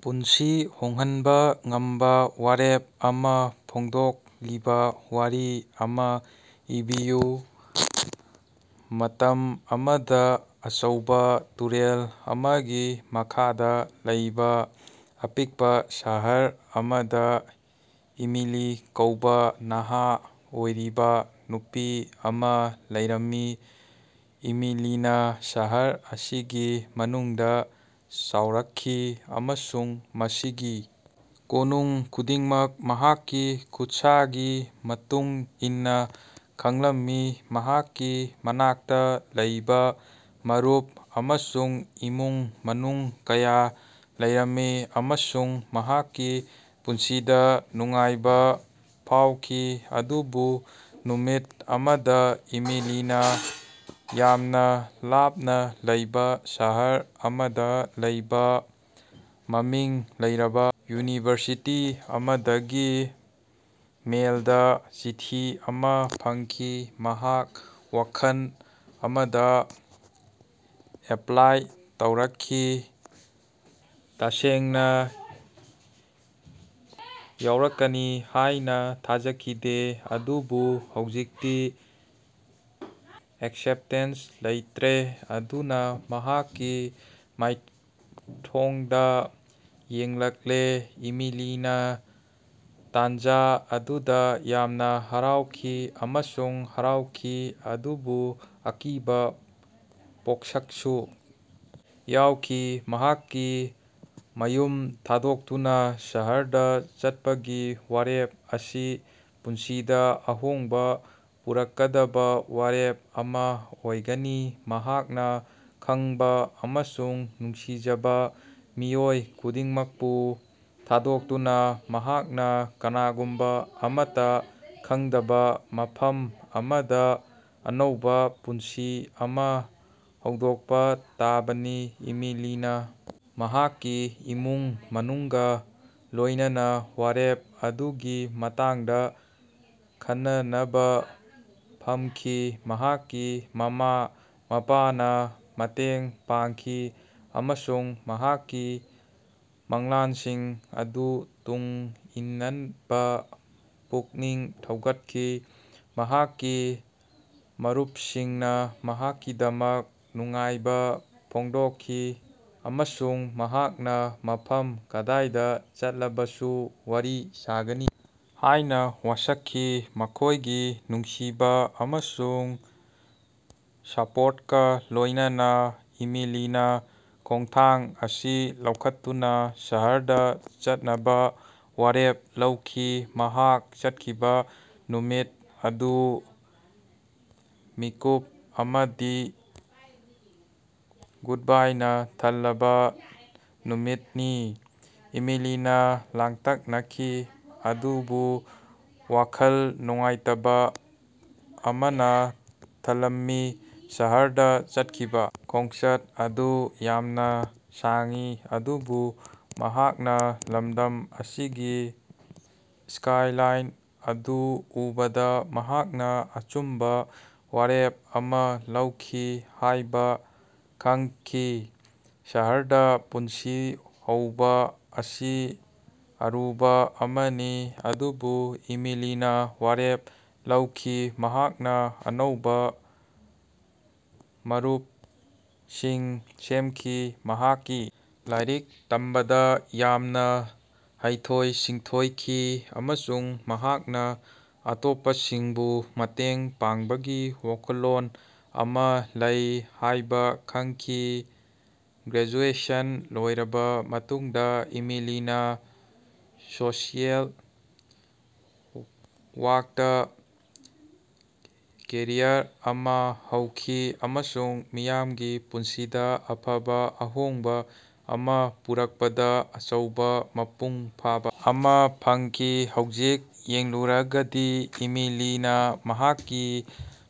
ꯄꯨꯟꯁꯤ ꯍꯣꯡꯍꯟꯕꯥ ꯉꯝꯕꯥ ꯋꯥꯔꯦꯞ ꯑꯃꯥ ꯐꯣꯡꯗꯣꯛꯂꯤꯕꯥ ꯋꯥꯔꯤ ꯑꯃꯥ ꯏꯕꯤꯌꯨ꯫ ꯃꯇꯝ ꯑꯃꯗꯥ ꯑꯆꯧꯕꯥ ꯇꯨꯔꯦꯜ ꯑꯃꯒꯤ ꯃꯈꯥꯗꯥ ꯂꯩꯕꯥ ꯑꯄꯤꯛꯄꯥ ꯁꯍꯔ ꯑꯃꯗꯥ ꯏꯃꯤꯂꯤ ꯀꯧꯕꯥ ꯅꯍꯥ ꯑꯣꯏꯔꯤꯕꯥ ꯅꯨꯄꯤ ꯑꯃꯥ ꯂꯩꯔꯝꯃꯤ꯫ ꯏꯃꯤꯂꯤꯅꯥ ꯁꯍꯔ ꯑꯁꯤꯒꯤ ꯃꯅꯨꯡꯗꯥ ꯆꯥꯎꯔꯛꯈꯤ, ꯑꯃꯁꯨꯡ ꯃꯁꯤꯒꯤ ꯀꯣꯅꯨꯡ ꯈꯨꯗꯤꯡꯃꯛ ꯃꯍꯥꯛꯀꯤ ꯈꯨꯠꯁꯥꯒꯤ ꯃꯇꯨꯡ ꯏꯟꯅꯥ ꯈꯪꯂꯝꯃꯤ꯫ ꯃꯍꯥꯛꯀꯤ ꯃꯅꯥꯛꯇꯥ ꯂꯩꯕꯥ ꯃꯔꯨꯞ ꯑꯃꯁꯨꯡ ꯏꯃꯨꯡ ꯃꯅꯨꯡ ꯀꯌꯥ ꯂꯩꯔꯝꯃꯤ, ꯑꯃꯁꯨꯡ ꯃꯍꯥꯛꯀꯤ ꯄꯨꯟꯁꯤꯗꯥ ꯅꯨꯡꯉꯥꯏꯕꯥ ꯐꯥꯎꯈꯤ꯫ ꯑꯗꯨꯕꯨ ꯅꯨꯃꯤꯠ ꯑꯃꯗꯥ ꯏꯃꯤꯂꯤꯅꯥ ꯌꯥꯝꯅꯥ ꯂꯥꯞꯅꯥ ꯂꯩꯕꯥ ꯁꯍꯔ ꯑꯃꯗꯥ ꯂꯩꯕꯥ ꯃꯃꯤꯡ ꯂꯩꯔꯕꯥ ꯌꯨꯅꯤꯚꯔꯁꯤꯇꯤ ꯑꯃꯗꯒꯤ ꯃꯦꯜꯗꯥ ꯆꯤꯊꯤ ꯑꯃꯥ ꯐꯪꯈꯤ꯫ ꯃꯍꯥꯛ ꯋꯥꯈꯜ ꯑꯃꯗꯥ ꯑꯦꯞꯄꯂꯥꯏ ꯇꯧꯔꯛꯈꯤ, ꯇꯁꯦꯡꯅꯥ ꯌꯥꯑꯣꯔꯛꯀꯅꯤ ꯍꯥꯏꯅꯥ ꯊꯥꯖꯈꯤꯗꯦ, ꯑꯗꯨꯕꯨ ꯍꯧꯖꯤꯛꯇꯤ ꯑꯦꯛꯁꯦꯞꯇꯦꯟꯁ ꯂꯦꯇꯔ ꯑꯗꯨꯅꯥ ꯃꯍꯥꯛꯀꯤ ꯃꯥꯏꯊꯣꯡꯗꯥ ꯌꯦꯡꯂꯛꯂꯦ꯫ ꯏꯃꯤꯂꯤꯅꯥ ꯇꯥꯟꯖꯥ ꯑꯗꯨꯗꯥ ꯌꯥꯝꯅꯥ ꯍꯔꯥꯎꯈꯤ ꯑꯃꯁꯨꯡ ꯍꯔꯥꯎꯈꯤ, ꯑꯗꯨꯕꯨ ꯑꯀꯤꯕꯥ ꯄꯣꯛꯁꯛꯁꯨ ꯌꯥꯎꯈꯤ꯫ ꯃꯍꯥꯛꯀꯤ ꯃꯌꯨꯝ ꯊꯥꯗꯣꯛꯇꯨꯅꯥ ꯁꯍꯔꯗꯥ ꯆꯠꯄꯒꯤ ꯋꯥꯔꯦꯞ ꯑꯁꯤ ꯄꯨꯟꯁꯤꯗꯥ ꯑꯍꯣꯡꯕꯥ ꯄꯨꯔꯛꯀꯗꯕꯥ ꯋꯥꯔꯦꯞ ꯑꯃꯥ ꯑꯣꯏꯒꯅꯤ꯫ ꯃꯍꯥꯛꯅꯥ ꯈꯪꯕꯥ ꯑꯃꯁꯨꯡ ꯅꯨꯡꯁꯤꯖꯕꯥ ꯃꯤꯑꯣꯏ ꯈꯨꯗꯤꯡꯃꯛꯄꯨ ꯊꯥꯗꯣꯛꯇꯨꯅꯥ, ꯃꯍꯥꯛꯅꯥ ꯀꯅꯥꯒꯨꯝꯕꯥ ꯑꯃꯠꯇꯥ ꯈꯪꯗꯕꯥ ꯃꯐꯝ ꯑꯃꯗꯥ ꯑꯅꯧꯕꯥ ꯄꯨꯟꯁꯤ ꯑꯃꯥ ꯍꯧꯗꯣꯛꯄꯥ ꯇꯥꯕꯅꯤ꯫ ꯏꯃꯤꯂꯤꯅꯥ ꯃꯍꯥꯛꯀꯤ ꯏꯃꯨꯡ ꯃꯅꯨꯡꯒꯥ ꯂꯣꯏꯅꯅꯥ ꯋꯥꯔꯦꯞ ꯑꯗꯨꯒꯤ ꯃꯇꯥꯡꯗꯥ ꯈꯟꯅꯅꯕꯥ ꯐꯝꯈꯤ꯫ ꯃꯍꯥꯛꯀꯤ ꯃꯃꯥ-ꯃꯄꯥꯅꯥ ꯃꯇꯦꯡ ꯄꯥꯡꯈꯤ ꯑꯃꯁꯨꯡ ꯃꯍꯥꯛꯀꯤ ꯃꯪꯂꯥꯟꯁꯤꯡ ꯑꯗꯨ ꯇꯨꯡ ꯏꯟꯅꯕꯥ ꯄꯨꯛꯅꯤꯡ ꯊꯧꯒꯠꯈꯤ꯫ ꯃꯍꯥꯛꯀꯤ ꯃꯔꯨꯄꯁꯤꯡꯅꯥ ꯃꯍꯥꯛꯀꯤꯗꯃꯛ ꯅꯨꯡꯉꯥꯏꯕꯥ ꯐꯣꯡꯗꯣꯛꯈꯤ ꯑꯃꯁꯨꯡ ꯃꯍꯥꯛꯅꯥ ꯃꯐꯝ ꯀꯗꯥꯏꯗꯥ ꯆꯠꯂꯕꯁꯨ ꯋꯥꯔꯤ ꯁꯥꯒꯅꯤ ꯍꯥꯏꯅꯥ ꯋꯥꯁꯛꯈꯤ꯫ ꯃꯈꯣꯏꯒꯤ ꯅꯨꯡꯁꯤꯕꯥ ꯑꯃꯁꯨꯡ ꯁꯄꯣꯔꯇꯀꯥ ꯂꯣꯏꯅꯅꯥ ꯏꯃꯤꯂꯤꯅꯥ ꯈꯣꯡꯊꯥꯡ ꯑꯁꯤ ꯂꯧꯈꯠꯇꯨꯅꯥ ꯁꯍꯔꯗꯥ ꯆꯠꯅꯕꯥ ꯋꯥꯔꯦꯞ ꯂꯧꯈꯤ꯫ ꯃꯍꯥꯛ ꯆꯠꯈꯤꯕꯥ ꯅꯨꯃꯤꯠ ꯑꯗꯨ ꯃꯤꯠꯀꯨꯞ ꯑꯃꯗꯤ ꯒꯨꯗꯕꯥꯏꯅꯥ ꯊꯜꯂꯕꯥ ꯅꯨꯃꯤꯠꯅꯤ꯫ ꯏꯃꯤꯂꯤꯅꯥ ꯂꯥꯡꯇꯛꯅꯈꯤ, ꯑꯗꯨꯕꯨ ꯋꯥꯈꯜ ꯅꯨꯡꯉꯥꯏꯇꯕꯥ ꯑꯃꯅꯥ ꯊꯜꯂꯝꯃꯤ꯫ ꯁꯍꯔꯗꯥ ꯆꯠꯈꯤꯕꯥ ꯈꯣꯡꯆꯠ ꯑꯗꯨ ꯌꯥꯝꯅꯥ ꯁꯥꯡꯏ ꯑꯗꯨꯕꯨ ꯃꯍꯥꯛꯅꯥ ꯂꯃꯗꯝ ꯑꯁꯤꯒꯤ ꯁ꯭ꯀꯥꯏꯂꯥꯏꯟ ꯑꯗꯨ ꯎꯕꯗꯥ ꯃꯍꯥꯛꯅꯥ ꯑꯆꯨꯝꯕꯥ ꯋꯥꯔꯦꯞ ꯑꯃꯥ ꯂꯧꯈꯤ ꯍꯥꯏꯕꯥ ꯈꯪꯈꯤ꯫ ꯁꯍꯔꯗꯥ ꯄꯨꯟꯁꯤ ꯍꯧꯕꯥ ꯑꯁꯤ ꯑꯔꯨꯕꯥ ꯑꯃꯅꯤ ꯑꯗꯨꯕꯨ ꯏꯃꯤꯂꯤꯅꯥ ꯋꯥꯔꯦꯞ ꯂꯧꯈꯤ꯫ ꯃꯍꯥꯛꯅꯥ ꯑꯅꯧꯕꯥ ꯃꯔꯨꯞꯁꯤꯡ ꯁꯦꯝꯈꯤ, ꯃꯍꯥꯛꯀꯤ ꯂꯥꯏꯔꯤꯛ ꯇꯝꯕꯗꯥ ꯌꯥꯝꯅꯥ ꯍꯩꯊꯣꯏ-ꯁꯤꯡꯊꯣꯏꯈꯤ ꯑꯃꯁꯨꯡ ꯃꯍꯥꯛꯅꯥ ꯑꯇꯣꯞꯄꯁꯤꯡꯕꯨ ꯃꯇꯦꯡ ꯄꯥꯡꯕꯒꯤ ꯋꯥꯈꯜꯂꯣꯟ ꯑꯃꯥ ꯂꯩ ꯍꯥꯏꯕꯥ ꯈꯪꯈꯤ꯫ ꯒ꯭ꯔꯦꯖꯨꯑꯦꯁꯟ ꯂꯣꯏꯔꯕꯥ ꯃꯇꯨꯡꯗꯥ ꯏꯃꯤꯂꯤꯅꯥ ꯁꯣꯁꯤꯑꯦꯜ ꯋꯥꯔꯛꯇꯥ ꯀꯦꯔꯤꯌꯔ ꯑꯃꯥ ꯍꯧꯈꯤ ꯑꯃꯁꯨꯡ ꯃꯤꯌꯥꯝꯒꯤ ꯄꯨꯟꯁꯤꯗꯥ ꯑꯐꯕꯥ ꯑꯍꯣꯡꯕꯥ ꯑꯃꯥ ꯄꯨꯔꯛꯄꯗꯥ ꯑꯆꯧꯕꯥ ꯃꯄꯨꯡ ꯐꯥꯕꯥ ꯑꯃꯥ ꯐꯪꯈꯤ꯫ ꯍꯧꯖꯤꯛ ꯌꯦꯡꯂꯨꯔꯒꯗꯤ ꯏꯃꯤꯂꯤꯅꯥ ꯃꯍꯥꯛꯀꯤ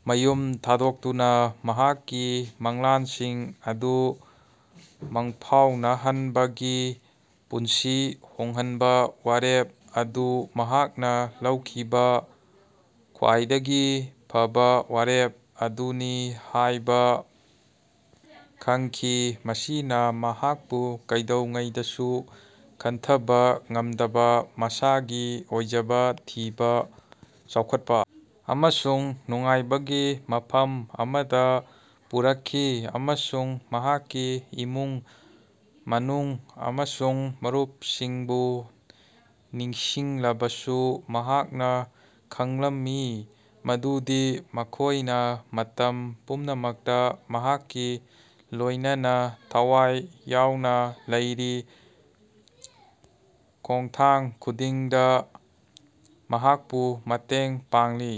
ꯃꯌꯨꯝ ꯊꯥꯗꯣꯛꯇꯨꯅꯥ ꯃꯍꯥꯛꯀꯤ ꯃꯪꯂꯥꯟꯁꯤꯡ ꯑꯗꯨ ꯃꯪꯐꯥꯎꯅꯍꯟꯕꯒꯤ ꯄꯨꯟꯁꯤ ꯍꯣꯡꯍꯟꯕꯥ ꯋꯥꯔꯦꯞ ꯑꯗꯨ ꯃꯍꯥꯛꯅꯥ ꯂꯧꯈꯤꯕꯥ ꯈ꯭ꯋꯥꯏꯗꯒꯤ ꯐꯕꯥ ꯋꯥꯔꯦꯞ ꯑꯗꯨꯅꯤ ꯍꯥꯏꯕꯥ ꯈꯪꯈꯤ꯫ ꯃꯁꯤꯅꯥ ꯃꯍꯥꯛꯄꯨ ꯀꯩꯗꯧꯉꯩꯗꯁꯨ ꯈꯟꯊꯕꯥ ꯉꯝꯗꯕꯥ ꯃꯁꯥꯒꯤ ꯑꯣꯏꯖꯕꯥ ꯊꯤꯕꯥ, ꯆꯥꯎꯈꯠꯄꯥ ꯑꯃꯁꯨꯡ ꯅꯨꯡꯉꯥꯏꯕꯒꯤ ꯃꯐꯝ ꯑꯃꯗꯥ ꯄꯨꯔꯛꯈꯤ꯫ ꯑꯃꯁꯨꯡ ꯃꯍꯥꯛꯀꯤ ꯏꯃꯨꯡ ꯃꯅꯨꯡ ꯑꯃꯁꯨꯡ ꯃꯔꯨꯄꯁꯤꯡꯕꯨ ꯅꯤꯡꯁꯤꯡꯂꯕꯁꯨ ꯃꯍꯥꯛꯅꯥ ꯈꯥꯡꯂꯝꯏ ꯃꯗꯨꯗꯤ ꯃꯈꯣꯏꯅꯥ ꯃꯇꯝ ꯄꯨꯝꯅꯃꯛꯇꯥ ꯃꯍꯥꯛꯀꯥ ꯂꯣꯏꯅꯅꯥ ꯊꯋꯥꯏ ꯌꯥꯎꯅꯥ ꯂꯩꯔꯤ, ꯈꯣꯉꯊꯥꯡ ꯈꯨꯗꯤꯡꯗꯥ ꯃꯍꯥꯛꯄꯨ ꯃꯇꯦꯡ ꯄꯥꯡꯂꯤ꯫